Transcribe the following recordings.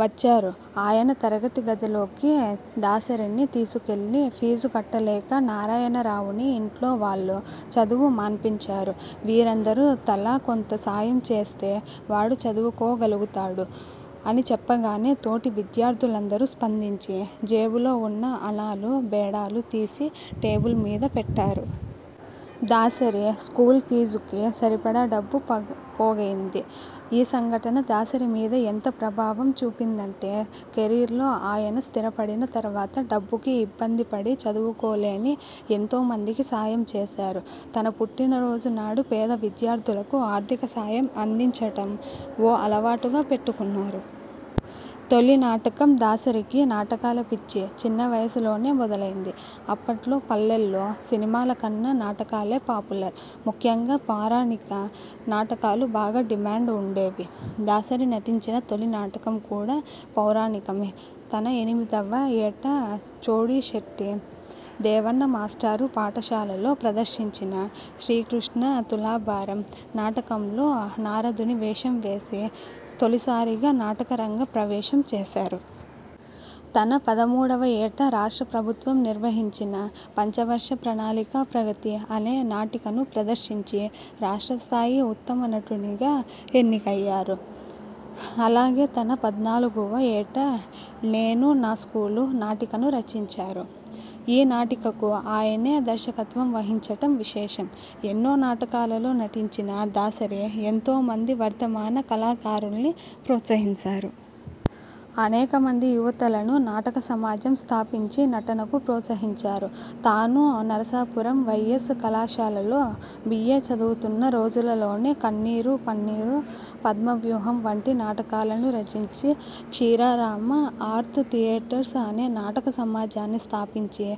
వచ్చారు. ఆయన తరగతి గదిలోకి దాసరిని తీసుకెళ్లి 'ఫీజు కట్టలేక నారాయణరావుని ఇంట్లో వాళ్లు చదువు మాన్పించారు. మీరందరూ తలా కొంత సాయం చేస్తే వాడు చదువుకోగలుగుతాడు' అని చెప్పగానే తోటి విద్యార్థులందరూ స్పందించి జేబులో ఉన్న అణాలు, బేడాలు తీసి టేబుల్ మీద పెట్టారు. దాసరి స్కూల్ ఫీజుకి సరిపడా డబ్బు పోగయింది. ఈ సంఘటన దాసరి మీద ఎంత ప్రభావం చూపిందంటే కెరీర్లో ఆయన స్థిరపడిన తర్వాత డబ్బుకి ఇబ్బంది పడి చదువుకోలేని ఎంతోమందికి సాయం చేశారు. తన పుట్టిన రోజు నాడు పేద విద్యార్థులకు ఆర్ధిక సాయం అందించడం ఓ అలవాటుగా పెట్టుకొన్నారు. తొలి నాటకం దాసరికి నాటకాలపిచ్చి చిన్న వయసులోనే మొదలైంది. అప్పట్లో పల్లెల్లో సినిమాల కన్నా నాటకాలే పాపులర్. ముఖ్యంగా పౌరాణిక నాటకాలు బాగా డిమాండ్ ఉండేది. దాసరి నటించిన తొలి నాటకం కూడా పౌరాణికమే. తన ఎనిమిదివ ఏట చోడిశెట్టి దేవన్న మాస్టారు పాఠశాలలో ప్రదర్శించిన 'శ్రీకృష్ణతులాభారం' నాటకంలో నారదుని వేషం వేసి తొలిసారిగా నాటక రంగ ప్రవేశం చేశారు.. తన పదమూడువ ఏట రాష్ట్ర ప్రభుత్వం నిర్వహించిన 'పంచవర్ష ప్రణాళికా ప్రగతి' అనే నాటికను ప్రదర్శించి రాష్ట్రస్థాయి ఉత్తమ నటునిగా ఎన్నికయ్యారు. అలాగే తన పద్నాలుగువ ఏట 'నేను-నా స్కూలు' నాటికను రచించారు. ఈ నాటికకు ఆయనే దర్శకత్వం వహించడం విశేషం. ఎన్నో నాటకాలలో నటించిన దాసరి ఎంతో మంది వర్ధమాన కళాకారుల్ని ప్రోత్సహించారు. అనేక మంది యువకులను నాటక సమాజం స్థాపించి నటనకు ప్రోత్సహించారు. తాను నరసాపురం వైఎన్ కళాశాలలో బిఏ చదువుతున్న రోజులలోనే కన్నీరు-పన్నీరు, పద్మవ్యూహం వంటి నాటకాలను రచించి, క్షీరారామ ఆర్ట్ ధియేటర్స్ అనే నాటక సమాజాన్ని స్థాపించి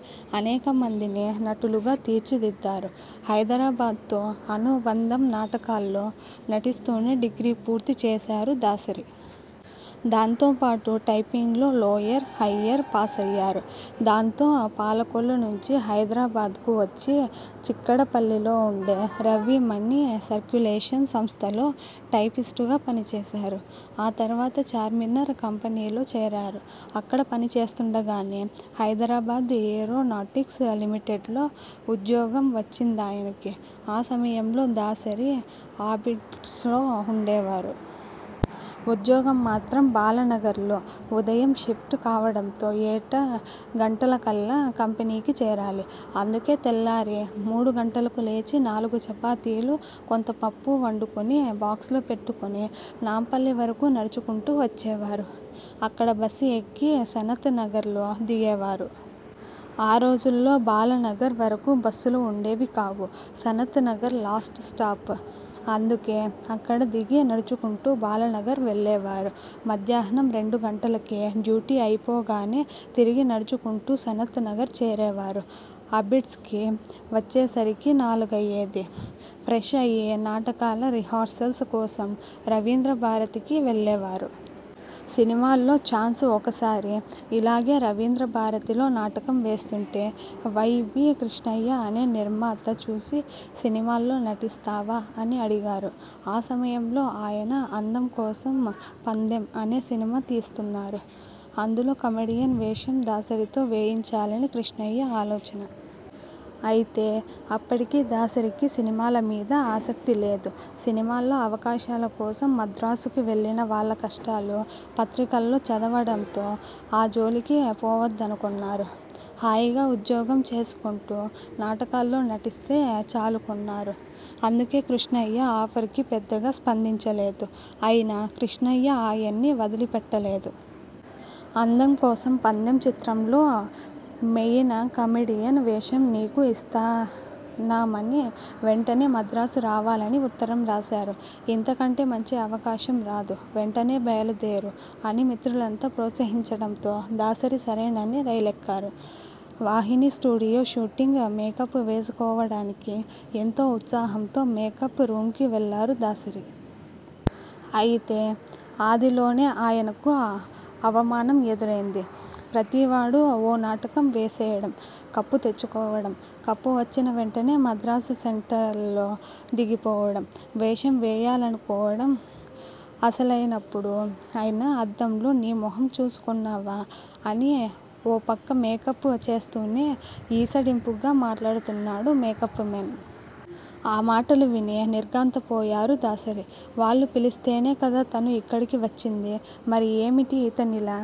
అనేక మందిని నటులుగా తీర్చి దిద్దారు. హైదరాబాద్తో అనుబంధంనాటకాల్లో నటిస్తునే డిగ్రీ పూర్తి చేశారు దాసరి. దాంతో పాటు టైపింగ్లో లోయర్, హయ్యర్ పాసయ్యారు. దాంతో పాలకొల్లు నుంచి హైదరాబాద్కు వచ్చి చిక్కడపల్లిలో ఉండే 'రవి మనీ సర్కులేషన్' సంస్థలో టైపిస్టుగా పనిచేశారు. ఆ తర్వాత చార్మినార్ కంపెనీలో చేరారు. అక్కడ పనిచేస్తుండగానే హైదరాబాద్ ఏరో నాటిక్స్ లిమిటెడ్లో ఉద్యోగం వచ్చిందాయనకి. ఆ సమయంలో దాసరి ఆబిడ్స్లో ఉండేవారు. ఉద్యోగం మాత్రం బాలానగర్లో. ఉదయం షిఫ్ట్ కావడంతో ఏడు గంటలకల్లా కంపెనీకి చేరాలి. అందుకే తెల్లారి మూడు గంటలకు లేచి నాలుగు చపాతీలు, కొంత పప్పు వండుకొని బాక్స్లో పెట్టుకొని నాంపల్లి వరకూ నడుచుకొంటూ వచ్చేవారు. అక్కడ బస్ ఎక్కి సనత్ నగర్లో దిగే వారు. ఆ రోజుల్లో బాలానగర్ వరకూ బస్సులు ఉండేవి కావు. Sanath Nagar last stop. అందుకే అక్కడ దిగి నడుచుకొంటూ బాలానగర్ వెళ్లేవారు. మధ్యాహ్నం రెండు గంటలకి డ్యూటీ అయిపోగానే తిరిగి నడుచుకొంటూ సనత్ నగర్ చేరేవారు. అబిడ్స్కి వచ్చేసరికి నాలుగయ్యేది. ఫ్రెష్ అయి నాటకాల రిహార్సల్స్ కోసం రవీంద్రభారతికి వెళ్లేవారు. సినిమాల్లో ఛాన్స్ఒకసారి ఇలాగే రవీంద్రభారతిలో నాటకం వేస్తుంటే వై. వి. కృష్ణయ్య అనే నిర్మాత చూసి 'సినిమాల్లో నటిస్తావా? ' అని అడిగారు. ఆ సమయంలో ఆయన 'అందం కోసం పందెం' అనే సినిమా తీస్తున్నారు. అందులో కమెడియన్ వేషం దాసరితో వేయించాలని కృష్ణయ్య ఆలోచన. అయితే అప్పటికి దాసరికి సినిమాల మీద ఆసక్తిలేదు. సినిమాల్లో అవకాశాల కోసం మద్రాసుకి వెళ్లిన వాళ్ల కష్టాలు పత్రికల్లో చదవడంతో ఆ జోలికి పోవద్దనుకొన్నారు. హాయిగా ఉద్యోగం చేసుకొంటూ నాటకాల్లో నటిస్తే చాలుకొన్నారు. అందుకే కృష్ణయ్య ఆఫర్కి పెద్దగా స్పందించలేదు. అయినా కృష్ణయ్య ఆయన్ని వదిలిపెట్టలేదు. 'అందం కోసం పందెం' చిత్రంలో మెయిన కమెడియన్ వేషం నీకు ఇస్తున్నామనీ, వెంటనే మద్రాసు రావాలనీ ఉత్తరం రాశారు. 'ఇంతకంటే మంచి అవకాశం రాదు. వెంటనే బయలుదేరు' అని మిత్రులంతా ప్రోత్సహించడంతో దాసరి సరేనని రైలెక్కారు. వాహినీ స్టూడియో షూటింగ్.. మేకప్ వేసుకోవడానికి ఎంతో ఉత్సాహంతో మేకప్ రూమ్కి వెళ్లారు దాసరి. అయితే ఆదిలోనే ఆయనకు అవమానం ఎదురైంది. 'ప్రతి వాడూ ఓ నాటకం వేసేయడం, కప్పు తెచ్చుకోవడం, కప్పు వచ్చిన వెంటనే మద్రాసు సెంట్రల్లో దిగిపోవడం, వేషం వేసేయాలనుకోవడం అసలెప్పుడైనా అద్దంలో నీ మొహం చూసుకొన్నావా? ' అని ఓ పక్క మేకప్ చేస్తూనే ఈసడింపుగా మాట్లాడుతున్నాడు మేకప్ మేన్. ఆ మాటలు విని నిర్ఘాంతపోయారు దాసరి. వాళ్లు పిలిస్తేనే కదా తను ఇక్కడికి వచ్చింది? మరి ఏమిటీ ఇతనిలా